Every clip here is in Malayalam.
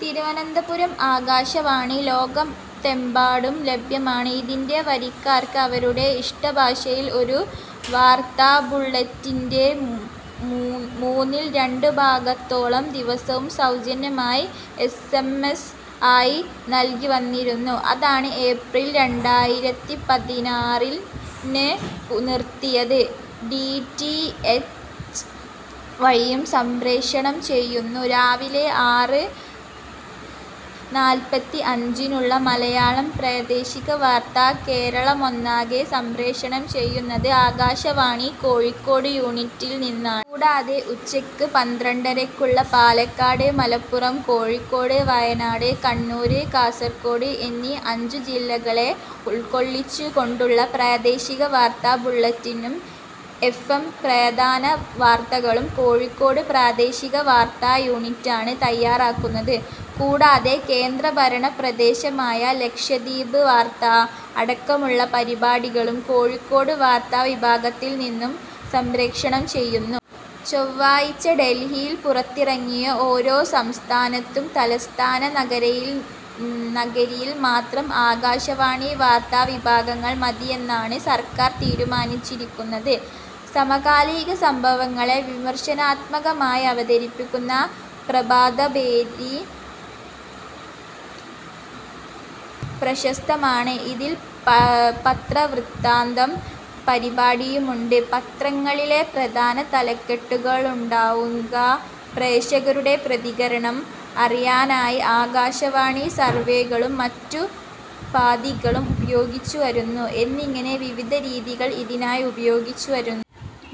തിരുവനന്തപുരം ആകാശവാണി ലോകത്തെമ്പാടും ലഭ്യമാണ്. ഇതിന്റെ വരിക്കാർക്ക്, അവരുടെ ഇഷ്ടഭാഷയിൽ, ഒരു വാർത്താബുള്ളെറ്റിന്റെ മൂന്നിൽ രണ്ടു ഭാഗത്തോളം ദിവസവും സൗജന്യമായി എസ്. എം. എസ് ആയി നൽകിവന്നിരുന്നു. അതാണ് ഏപ്രിൽ രണ്ടായിരത്തിപതിനാറിന് നിർത്തിയത്. ഡി. റ്റി. എച്ച് വഴിയും സംപ്രേഷണം ചെയ്യുന്നു. രാവിലെ ആറ് നാല്പത്തിഅഞ്ചിനുള്ള മലയാളം പ്രാദേശിക വാർത്ത കേരളമൊന്നാകെ സംപ്രേഷണം ചെയ്യുന്നത് ആകാശവാണി കോഴിക്കോട് യൂണിറ്റിൽ നിന്നാണ്. കൂടാതെ ഉച്ചയ്ക്ക് പന്ത്രണ്ടരക്കുള്ള പാലക്കാട്, മലപ്പുറം, കോഴിക്കോട്, വയനാട്, കണ്ണൂർ, കാസർകോട് എന്നീ അഞ്ചു ജില്ലകളെ ഉൾക്കൊള്ളിച്ചുകൊണ്ടുള്ള പ്രാദേശിക വാർത്താ ബുള്ളറ്റിനും എഫ്എം പ്രധാന വാർത്തകളും കോഴിക്കോട് പ്രാദേശിക വാർത്താ യൂണിറ്റാണ് തയ്യാറാക്കുന്നത്. കൂടാതെ കേന്ദ്രഭരണപ്രദേശമായ ലക്ഷദ്വീപ് വാർത്ത അടക്കമുള്ള പരിപാടികളും കോഴിക്കോട് വാർത്താവിഭാഗത്തിൽ നിന്നു സംപ്രേഷണം ചെയ്യുന്നു. ചൊവ്വാഴ്ച ഡൽഹിയിൽ പുറത്തിറങ്ങി. ഓരോ സംസ്ഥാനത്തും തലസ്ഥാന നഗരിയിൽ മാത്രം ആകാശവാണി വാർത്താവിഭാഗങ്ങൾ മതിയെന്നാണ് സർക്കാർ തീരുമാനിച്ചിരിക്കുന്നത്. സമകാലീന സംഭവങ്ങളെ വിമർശനാത്മകമായി അവതരിപ്പിക്കുന്ന പ്രഭാതഭേരി പ്രശസ്തമാണ്. ഇതിൽ പത്രവൃത്താന്തം പരിപടിയുമുണ്ട്. പത്രങ്ങളിലെ പ്രധാന തലക്കെട്ടുകളാണുണ്ടാവുക. പ്രേക്ഷകരുടെ പ്രതികരണം അറിയാനായി ആകാശവാണി സർവെകളും മറ്റുപാധികളും ഉപയോഗിച്ചുവരുന്നു., എന്നിങ്ങനെ വിവിധ രീതികൾ ഇതിനായി ഉപയോഗിച്ചുവരുന്നു.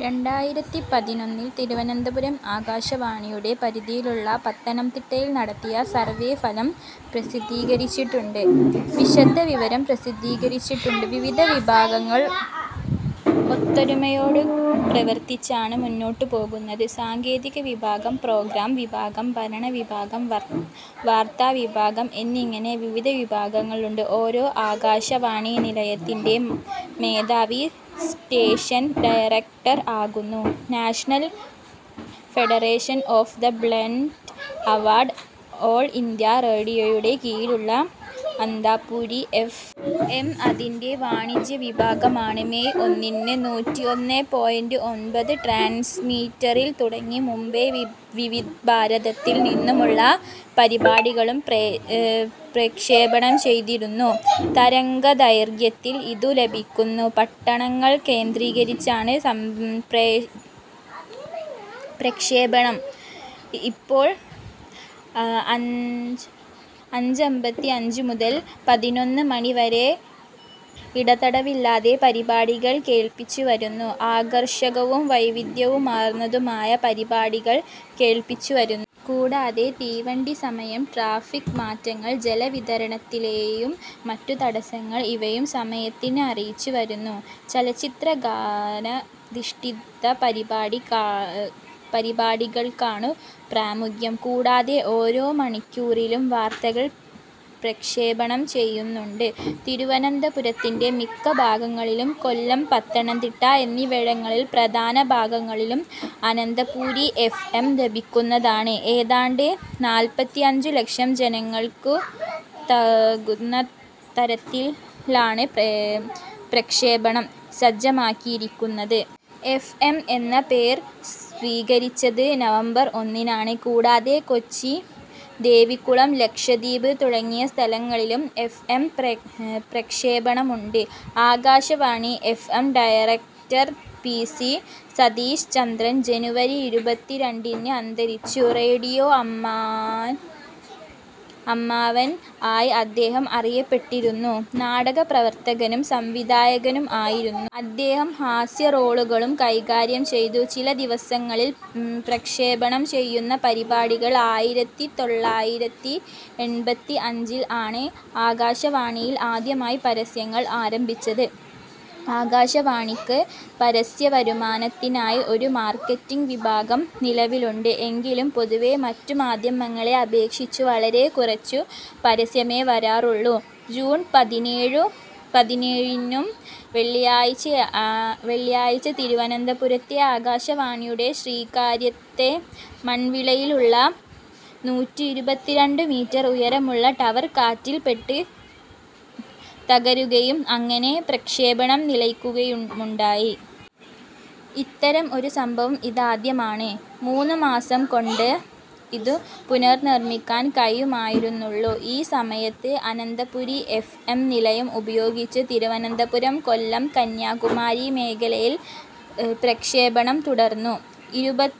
രണ്ടായിരത്തിപതിനൊന്നിൽ തിരുവനന്തപുരം ആകാശവാണിയുടെ പരിധിയിലുള്ള പത്തനംതിട്ടയിൽ നടത്തിയ സർവേഫലം പ്രസിദ്ധീകരിച്ചിട്ടുണ്ട്. വിശദവിവരം പ്രസിദ്ധീകരിച്ചിട്ടുണ്ട്. വിവിധ വിഭാഗങ്ങൾ ഒത്തൊരുമയോടെ പ്രവർത്തിച്ചാണ് മുന്നോട്ടു പോകുന്നത്. സാങ്കേതികവിഭാഗം, പ്രോഗ്രാം വിഭാഗം, ഭരണവിഭാഗം, വാർത്താവിഭാഗം എന്നിങ്ങനെ വിവിധ വിഭാഗങ്ങളുണ്ട്. ഓരോ ആകാശവാണി നിലയത്തിന്റെയും മേധാവി സ്റ്റേഷൻ ഡയറക്ടർ ആകുന്നു. National federation of the blind award all India റേഡിയോയുടെ കീഴിലുള്ള അന്തഃപുരി എഫ്. എം അതിന്റെ വാണിജ്യവിഭാഗമാണ്. മെയ് ഒന്നിന് നൂറ്റിഒന്നേ പോയിന്റ് ഒമ്പത് ട്രാൻസ്മിറ്ററിൽ തുടങ്ങി. മുംബൈ വിവിധ്ഭാരതത്തിൽ നിന്നുമുള്ള പരിപാടികളും പ്രക്ഷേപണം ചെയ്തിരുന്നു. തരംഗദൈർഘ്യത്തിൽ ഇതു ലഭിക്കുന്നു. പട്ടണങ്ങൾ കേന്ദ്രീകരിച്ചാണ് പ്രക്ഷേപണം. ഇപ്പോൾ അഞ്ചമ്പത്തിഅഞ്ചു മുതൽ പതിനൊന്ന് മണി വരെ ഇടതടവില്ലാതെ പരിപാടികൾ കേൾപ്പിച്ചുവരുന്നു. ആകർഷകവും വൈവിധ്യമാർന്നതുമായ പരിപാടികൾ കേൾപ്പിച്ചുവരുന്നു. കൂടാതെ തീവണ്ടി സമയം, ട്രാഫിക്ക് മാറ്റങ്ങൾ, ജലവിതരണത്തിലെയും മറ്റും തടസങ്ങൾ ഇവയും സമയത്തിന് അറിയിച്ചുവരുന്നു. ചലച്ചിത്രഗാനാധിഷ്ടിതപരിപാടികൾക്കാണു പ്രാമുഖ്യം. കൂടാതെ ഓരോ മണിക്കൂറിലും വാർത്തകൾ പ്രക്ഷേപണം ചെയ്യുന്നുണ്ട്. തിരുവനതപുരത്തിന്റെ മിക്ക ഭാഗങ്ങളിലും കൊല്ലം പത്തനംതിട്ട എന്നിവിടങ്ങളിൽ പ്രധാന ഭാഗങ്ങളിലും അനന്തപുരി എഫ്. എം ലഭിക്കുന്നതാണ്. ഏതാണ്ട് നാല്പത്തിഅഞ്ചു ലക്ഷം ജനങ്ങൾക്കുതകുന്നതരത്തിലാണ് പ്രക്ഷേപണം സജ്ജമാകിയിരിക്കുന്നത്. എഫ്. എം എന്ന പേർ സ്വീകരിച്ചത് നവംബർ ഒന്നിനാണ്. കൂടാതെ കൊച്ചി, ദേവികുളം, ലക്ഷദ്വീപ് തുടങ്ങിയ സ്ഥലങ്ങളിലും എഫ്. എം പ്രക്ഷേപണമുണ്ട്. Akashvani F M director P. C. Satheeshchandran ജനുവരി ഇരുപത്തിരണ്ടിന് അന്തരിച്ചു. റേഡിയോ അമ്മാവൻ ആയി അദ്ദേഹം അറിയപ്പെട്ടിരുന്നു. നാടകപ്രവർത്തകനും സംവിധായകനും ആയിരുന്നു. അദ്ദേഹം ഹാസ്യറോളുകളും കൈകാര്യംചെയ്തു. ചില ദിവസങ്ങളിൽ പ്രക്ഷേപണം ചെയ്യുന്ന പരിപാടികൾ. ആയിരത്തിത്തൊള്ളായിരത്തിഎൺപത്തിഅഞ്ചിൽ ആണ് ആകാശവാണിയിൽ ആദ്യമായി പരസ്യങ്ങൾ ആരംഭിച്ചത്. ആകാശവാണിക്ക് പരസ്യവരുമാനത്തിനായി ഒരു മാർക്കറ്റിങ്ങ് വിഭാഗം നിലവിലുണ്ട്. എങ്കിലും പൊതുവെ മറ്റു മാധ്യമങ്ങളെ അപേക്ഷിച്ചു വളരെക്കുറച്ചു പരസ്യമെ വരാറുള്ളൂ. ജൂൺ പതിനേഴിനു വെള്ളിയാഴ്ചയാഴ്ച, തിരുവനന്തപുരത്തെ ആകാശവാണിയുടെ ശ്രീകാര്യത്തെ മൺവിളയിലുള്ള നൂറ്റിഇരുപത്തിരണ്ടു മീറ്റർ ഉയരമുള്ള ടവർ കാറ്റിൽപ്പെട്ട് തകരുകയും അങ്ങനെ പ്രക്ഷേപണം നിലയ്ക്കുകയുമുണ്ടായി. ഇത്തരം ഒരു സംഭവം ഇതാദ്യമാണ്. മൂന്നു മാസംകൊണ്ടേ ഇതു പുനർനിർമ്മിക്കാൻ കഴിയുമായിരുന്നുള്ളൂ. ഈ സമയത്ത് അനന്തപുരി എഫ്. എം നിലയം ഉപയോഗിച്ച് തിരുവനന്തപുരം, കൊല്ലം, കന്യാകുമാരി മേഖലയിൽ പ്രക്ഷേപണം തുടർന്നു. ഇരുപത്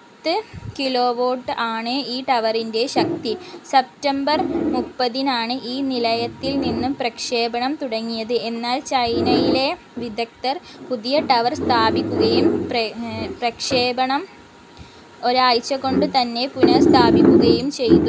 കിലോവാട്ട് ആണ് ഈ ടവറിന്റെ ശക്തി. സെപ്റ്റംബർ മുപ്പത്തിനാണ് ഈ നിലയത്തിൽനിന്നും പ്രക്ഷേപണം തുടങ്ങിയത്. എന്നാൽ ചെന്നൈയിലെ വിദഗ്ദ്ധർ, പുതിയ ടവർ സ്ഥാപിക്കുകയും പ്രക്ഷേപണം ഒരാഴ്ചകൊണ്ടുതന്നെ പുനഃസ്ഥാപിക്കുകയുംചെയ്തു.